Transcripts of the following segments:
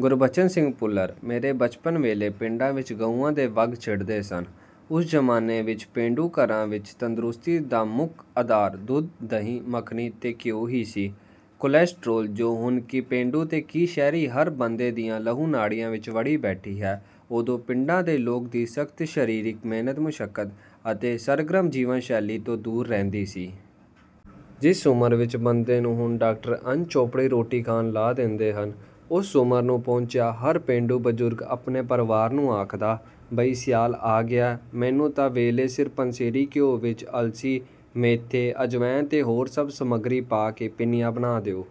ਗੁਰਬਚਨ ਸਿੰਘ ਭੁੱਲਰ ਮੇਰੇ ਬਚਪਨ ਵੇਲੇ ਪਿੰਡਾਂ ਵਿੱਚ ਗਊਆਂ ਦੇ ਵੱਗ ਛਿੜਦੇ ਸਨ। ਉਸ ਜ਼ਮਾਨੇ ਵਿਚ ਪੇਂਡੂ ਘਰਾਂ ਵਿਚ ਤੰਦਰੁਸਤੀ ਦਾ ਮੁੱਖ ਅਧਾਰ ਦੁੱਧ, ਦਹੀਂ, ਮਖਣੀ ਤੇ ਘਿਓ ਹੀ ਸੀ। ਕੋਲੈਸਟਰੋਲ, ਜੋ ਹੁਣ ਕੀ ਪੇਂਡੂ ਤੇ ਕੀ ਸ਼ਹਿਰੀ ਹਰ ਬੰਦੇ ਦੀਆਂ ਲਹੂ-ਨਾੜੀਆਂ ਵਿੱਚ ਵੜੀ ਬੈਠੀ ਹੈ, ਉਦੋਂ ਪਿੰਡਾਂ ਦੇ ਲੋਕਾਂ ਦੀ ਸਖ਼ਤ ਸਰੀਰਕ ਮਿਹਨਤ-ਮੁਸ਼ੱਕਤ ਅਤੇ ਸਰਗਰਮ ਜੀਵਨ-ਸ਼ੈਲੀ ਤੋਂ ਦੂਰ ਰਹਿੰਦੀ ਸੀ। ਜਿਸ ਉਮਰ ਵਿੱਚ ਬੰਦੇ ਨੂੰ ਹੁਣ ਡਾਕਟਰ ਅਣਚੋਪੜੀ ਰੋਟੀ ਖਾਣ ਲਾ ਦਿੰਦੇ ਹਨ, ਉਸ ਉਮਰ ਨੂੰ ਪਹੁੰਚਿਆ ਹਰ ਪੇਂਡੂ ਬਜ਼ੁਰਗ ਆਪਣੇ ਪਰਿਵਾਰ ਨੂੰ ਆਖਦਾ, "ਬਈ ਸਿਆਲ ਆ ਗਿਆ। ਮੈਨੂੰ ਤਾਂ ਵੇਲੇ-ਸਿਰ ਪੰਸੇਰੀ ਘਿਓ ਵਿਚ ਅਲਸੀ, ਮੇਥੇ, ਅਜਵਾਇਨ ਤੇ ਹੋਰ ਸਭ ਸਮਗਰੀ ਪਾ ਕੇ ਪਿੰਨੀਆਂ ਬਣਾ ਦਿਓ।"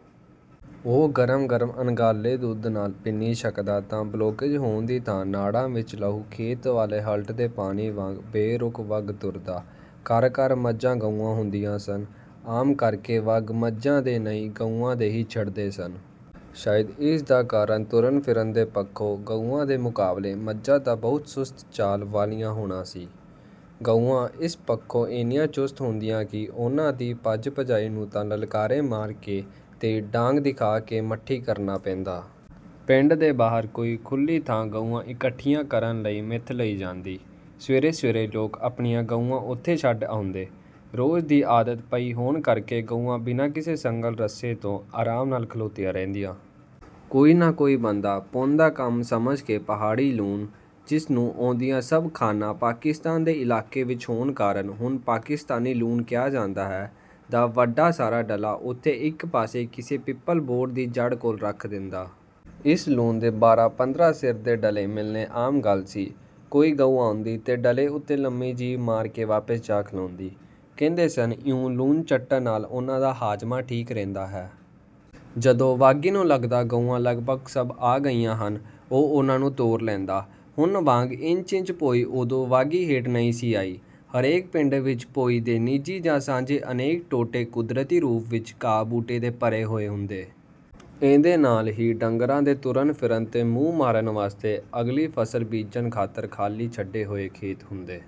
ਉਹ ਗਰਮ-ਗਰਮ ਅਣਘਾਲੇ ਦੁੱਧ ਨਾਲ ਪਿੰਨੀ ਛਕਦਾ ਤਾਂ 'ਬਲੌਕੇਜ' ਹੋਣ ਦੀ ਥਾਂ ਨਾੜਾਂ ਵਿੱਚ ਲਹੂ ਖੇਤ ਵਾਲੇ ਹਲਟ ਦੇ ਪਾਣੀ ਵਾਂਗ ਬੇਰੋਕ ਵਗ ਤੁਰਦਾ। ਘਰ-ਘਰ ਮੱਝਾਂ-ਗਊਆਂ ਹੁੰਦੀਆਂ ਸਨ। ਆਮ ਕਰਕੇ ਵੱਗ ਮੱਝਾਂ ਦੇ ਨਹੀਂ, ਗਊਆਂ ਦੇ ਹੀ ਛਿੜਦੇ ਸਨ। ਸ਼ਾਇਦ ਇਹਦਾ ਕਾਰਨ ਤੁਰਨ-ਫਿਰਨ ਦੇ ਪੱਖੋਂ ਗਊਆਂ ਦੇ ਮੁਕਾਬਲੇ ਮੱਝਾਂ ਦਾ ਬਹੁਤ ਸੁਸਤ ਚਾਲ ਵਾਲੀਆਂ ਹੋਣਾ ਸੀ। ਗਊਆਂ ਇਸ ਪੱਖੋਂ ਏਨੀਆਂ ਚੁਸਤ ਹੁੰਦੀਆਂ ਕਿ ਉਨ੍ਹਾਂ ਦੀ ਭੱਜ-ਭਜਾਈ ਨੂੰ ਤਾਂ ਲਲਕਾਰੇ ਮਾਰ ਕੇ ਤੇ ਡਾਂਗ ਦਿਖਾ ਕੇ ਮੱਠੀ ਕਰਨਾ ਪੈਂਦਾ। ਪਿੰਡ ਦੇ ਬਾਹਰ ਕੋਈ ਖੁੱਲ੍ਹੀ ਥਾਂ ਗਊਆਂ ਇਕੱਠੀਆਂ ਕਰਨ ਲਈ ਮਿਥ ਲਈ ਜਾਂਦੀ। ਸਵੇਰੇ-ਸਵੇਰੇ ਲੋਕ ਆਪਣੀਆਂ ਗਊਆਂ ਉਥੇ ਛੱਡ ਆਉਂਦੇ। ਰੋਜ਼ ਦੀ ਆਦਤ ਪਈ ਹੋਣ ਕਰਕੇ ਗਊਆਂ ਬਿਨਾਂ ਕਿਸੇ ਸੰਗਲ-ਰੱਸੇ ਤੋਂ ਆਰਾਮ ਨਾਲ ਖਲੋਤੀਆਂ ਰਹਿੰਦੀਆਂ। ਕੋਈ ਨਾ ਕੋਈ ਬੰਦਾ ਪੁੰਨ ਦਾ ਕੰਮ ਸਮਝ ਕੇ ਪਹਾੜੀ ਲੂਣ, ਜਿਸ ਨੂੰ ਉਹਦੀਆਂ ਸਭ ਖਾਣਾਂ ਪਾਕਿਸਤਾਨ ਦੇ ਇਲਾਕੇ ਵਿਚ ਹੋਣ ਕਾਰਨ ਹੁਣ ਪਾਕਿਸਤਾਨੀ ਲੂਣ ਕਿਹਾ ਜਾਂਦਾ ਹੈ, ਦਾ ਵੱਡਾ ਸਾਰਾ ਡਲਾ ਉਥੇ ਇੱਕ ਪਾਸੇ ਕਿਸੇ ਪਿੱਪਲ-ਬੋਹੜ ਦੀ ਜੜ ਕੋਲ ਰੱਖ ਦਿੰਦਾ। ਇਸ ਲੂਣ ਦੇ ਬਾਰਾਂ-ਪੰਦਰਾਂ ਸੇਰ ਦੇ ਡਲੇ ਮਿਲਣੇ ਆਮ ਗੱਲ ਸੀ। ਕੋਈ ਗਊ ਆਉਂਦੀ ਤੇ ਡਲੇ ਉਤੇ ਲੰਮੀ ਜੀਭ ਮਾਰ ਕੇ ਵਾਪਸ ਜਾ ਖਲੋਂਦੀ। ਕਹਿੰਦੇ ਸਨ, ਇਉਂ ਲੂਣ ਚੱਟਣ ਨਾਲ ਉਨ੍ਹਾਂ ਦਾ ਹਾਜ਼ਮਾ ਠੀਕ ਰਹਿੰਦਾ ਹੈ। ਜਦੋਂ ਵਾਗੀ ਨੂੰ ਲਗਦਾ, ਗਊਆਂ ਲਗਭਗ ਸਭ ਆ ਗਈਆਂ ਹਨ, ਉਹ ਉਨ੍ਹਾਂ ਨੂੰ ਤੋਰ ਲੈਂਦਾ। ਹੁਣ ਵਾਂਗ ਇੰਚ-ਇੰਚ ਭੋਇੰ ਉਦੋਂ ਵਾਗੀ ਹੇਠ ਨਹੀਂ ਸੀ ਆਈ। ਹਰੇਕ ਪਿੰਡ ਵਿਚ ਭੋਇੰ ਦੇ ਨਿੱਜੀ ਜਾਂ ਸਾਂਝੇ ਅਨੇਕ ਟੋਟੇ ਕੁਦਰਤੀ ਰੂਪ ਵਿਚ ਘਾਹ-ਬੂਟੇ ਦੇ ਭਰੇ ਹੋਏ ਹੁੰਦੇ। ਇਹਦੇ ਨਾਲ ਹੀ ਡੰਗਰਾਂ ਦੇ ਤੁਰਨ-ਫਿਰਨ ਤੇ ਮੂੰਹ ਮਾਰਨ ਵਾਸਤੇ ਅਗਲੀ ਫ਼ਸਲ ਬੀਜਣ ਖ਼ਾਤਰ ਖਾਲੀ ਛੱਡੇ ਹੋਏ ਖੇਤ ਹੁੰਦੇ।